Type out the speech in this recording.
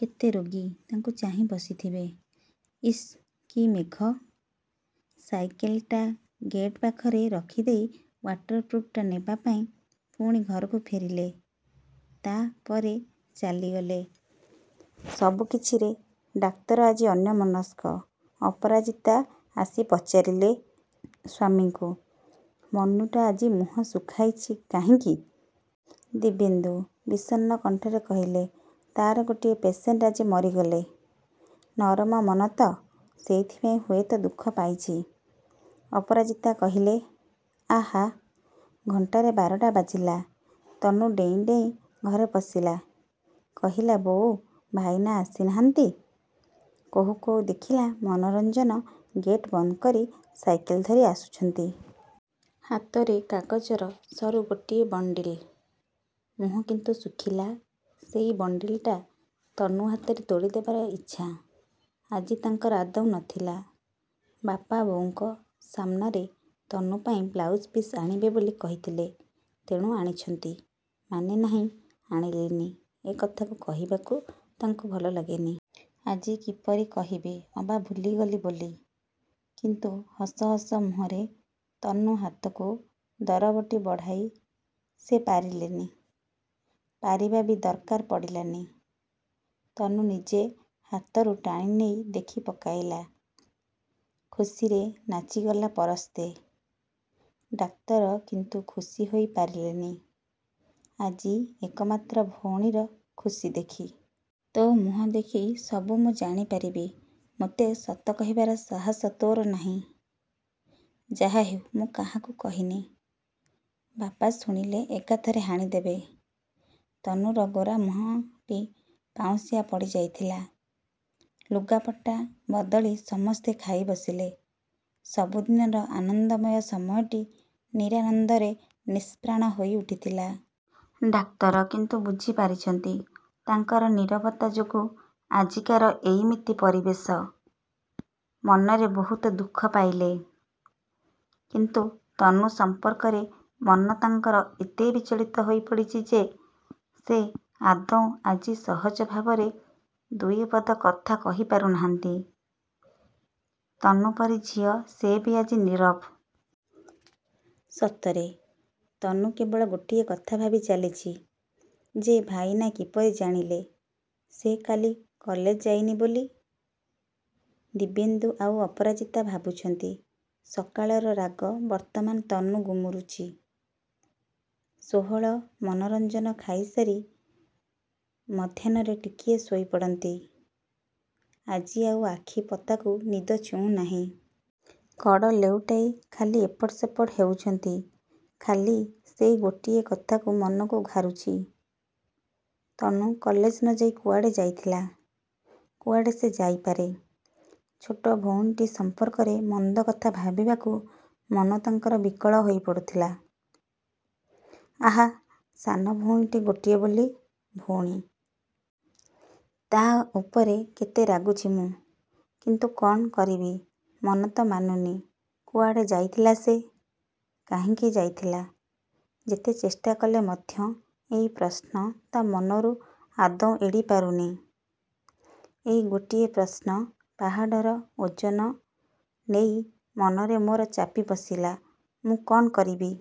କେତେ ରୋଗୀ ତାଙ୍କୁ ଚାହିଁ ବସିଥିବେ। ଇସ୍ କି ମେଘ! ସାଇକେଲଟା ଗେଟ୍ ପାଖରେ ରଖିଦେଇ ଓ୍ୱାଟର ପ୍ରୁଫ୍ଟା ନେବାପାଇଁ ପୁଣି ଘରକୁ ଫେରିଲେ। ତା' ପରେ ଚାଲିଗଲେ। ସବୁ କିଛିରେ ଡାକ୍ତର ଆଜି ଅନ୍ୟମନସ୍କ। ଅପରାଜିତା ଆସି ପଚାରିଲେ ସ୍ୱାମୀଙ୍କୁ-ମନୁଟା ଆଜି ମୁହଁ ଶୁଖାଇଛି କାହିଁକି? ଦିବ୍ୟେନ୍ଦୁ ବିସର୍ଣ୍ଣକଣ୍ଠରେ କହିଲେ-ତା'ର ଗୋଟିଏ ପେସେଣ୍ଟ ଆଜି ମରିଗଲେ। ନରମ ମନ ତ, ସେଥିପାଇଁ ହୁଏତ ଦୁଃଖ ପାଇଛି। ଅପରାଜିତା କହିଲେ-ଆହାଃ! ଘଣ୍ଟାରେ ବାରଟା ବାଜିଲା। ତନୁ ଡେଇଁ ଡେଇଁ ଘରେ ପଶିଲା। କହିଲା-ବୋଉ ଭାଇନା ଆସିନାହାନ୍ତି? କହୁ କହୁ ଦେଖିଲା ମନୋରଞ୍ଜନ ଗେଟ୍ ବନ୍ଦକରି ସାଇକେଲ ଧରି ଆସୁଛନ୍ତି। ହାତରେ କାଗଜର ସରୁ ଗୋଟିଏ ବଣ୍ଡିଲ୍। ମୁହଁ କିନ୍ତୁ ଶୁଖିଲା। ସେଇ ବଣ୍ଡିଲଟା ତନୁ ହାତରେ ତୋଳିଦେବାର ଇଚ୍ଛା ଆଜି ତାଙ୍କର ଆଦୌ ନଥିଲା। ବାପା ବୋଉଙ୍କ ସାମନାରେ ତନୁ ପାଇଁ ବ୍ଳାଉଜ୍ ପିସ୍ ଆଣିବେ ବୋଲି କହିଥିଲେ, ତେଣୁ ଆଣିଛନ୍ତି। ମନେ ନାହିଁ ଆଣିଲିନି ଏକଥା କହିବାକୁ ତାଙ୍କୁ ଭଲ ଲାଗେନି। ଆଜି କିପରି କହିବେ ଅବା ଭୁଲିଗଲି ବୋଲି। କିନ୍ତୁ ହସ ହସ ମୁହଁରେ ତନୁ ହାତକୁ ଦରବଟି ବଢ଼ାଇ ସେ ପାରିଲେନି। ପାରିବା ବି ଦରକାର ପଡ଼ିଲାନି। ତନୁ ନିଜେ ହାତରୁ ଟାଣିନେଇ ଦେଖିପକାଇଲା। ଖୁସିରେ ନାଚିଗଲା ପରସ୍ତେ। ଡାକ୍ତର କିନ୍ତୁ ଖୁସି ହୋଇପାରିଲେନି ଆଜି ଏକମାତ୍ର ଭଉଣୀର ଖୁସି ଦେଖି। ତୋ ମୁହଁ ଦେଖି ସବୁ ମୁଁ ଜାଣିପାରିବି। ମୋତେ ସତ କହିବାର ସାହସ ତୋର ନାହିଁ-? ଯାହାହେଉ, ମୁଁ କାହାକୁ କହିନି। ବାପା ଶୁଣିଲେ ଏକାଥରେ ହାଣିଦେବେ। ତନୁର ଗୋରା ମୁହଁଟି ପାଉଁଶିଆ ପଡ଼ିଯାଇଥିଲା। ଲୁଗାପଟା ବଦଳି ସମସ୍ତେ ଖାଇବସିଲେ। ସବୁଦିନର ଆନନ୍ଦମୟ ସମୟଟି ନିରାନନ୍ଦରେ ନିଷ୍ପ୍ରାଣ ହୋଇଉଠିଥିଲା। ଡାକ୍ତର କିନ୍ତୁ ବୁଝିପାରିଛନ୍ତି ତାଙ୍କର ନୀରବତା ଯୋଗୁଁ ଆଜିକାର ଏଇମିତି ପରିବେଶ। ମନରେ ବହୁତ ଦୁଃଖ ପାଇଲେ; କିନ୍ତୁ ତନୁ ସମ୍ପର୍କରେ ମନ ତାଙ୍କର ଏତେ ବିଚଳିତ ହୋଇପଡ଼ିଛି ଯେ, ସେ ଆଦୌ ଆଜି ସହଜ ଭାବରେ ଦୁଇପଦ କଥା କହିପାରୁନାହାନ୍ତି। ତନୁ ପରି ଝିଅ ସେ ବି ଆଜି ନୀରବ। ସତରେ, ତନୁ କେବଳ ଗୋଟିଏ କଥା ଭାବି ଚାଲିଛି ଯେ ଭାଇନା କିପରି ଜାଣିଲେ ସେ କାଲି କଲେଜ ଯାଇନି ବୋଲି। ଦିବ୍ୟେନ୍ଦୁ ଆଉ ଅପରାଜିତା ଭାବୁଛନ୍ତି ସକାଳର ରାଗ ବର୍ତ୍ତମାନ ତନୁ ଗୁମୁରୁଛି। ଷୋହଳ ମନୋରଞ୍ଜନ ଖାଇ ସାରି ମଧ୍ୟାହ୍ନରେ ଟିକିଏ ଶୋଇପଡ଼ନ୍ତି। ଆଜି ଆଉ ଆଖି ପତାକୁ ନିଦ ଛୁଉଁ ନାହିଁ। କଡ଼ ଲେଉଟାଇ ଖାଲି ଏପଟ ସେପଟ ହେଉଛନ୍ତି। ଖାଲି ସେଇ ଗୋଟିଏ କଥା ମନକୁ ଘାରୁଛି। ତନୁ କଲେଜ ନ ଯାଇ କୁଆଡ଼େ ଯାଇଥିଲା? କୁଆଡ଼େ ସେ ଯାଇପାରେ? ଛୋଟ ଭଉଣୀଟି ସମ୍ପର୍କରେ ମନ୍ଦ କଥା ଭାବିବାକୁ ମନ ତାଙ୍କର ବିକଳ ହୋଇପଡ଼ୁଥିଲା। ଆହାଃ, ସାନ ଭଉଣୀଟି, ଗୋଟିଏ ବୋଲି ଭଉଣୀ। ତା' ଉପରେ କେତେ ରାଗୁଛି ମୁଁ। କିନ୍ତୁ କ'ଣ କରିବି, ମନ ତ ମାନୁନି। କୁଆଡ଼େ ଯାଇଥିଲା ସେ? କାହିଁକି ଯାଇଥିଲା? ଯେତେ ଚେଷ୍ଟା କଲେ ମଧ୍ୟ ଏଇ ପ୍ରଶ୍ନ ତ ମନରୁ ଆଦୌ ଏଡ଼ିପାରୁନି। ଏଇ ଗୋଟିଏ ପ୍ରଶ୍ନ ପାହାଡ଼ର ଓଜନ ନେଇ ମନରେ ମୋର ଚାପି ବସିଲା ମୁଁ କ'ଣ କରିବି?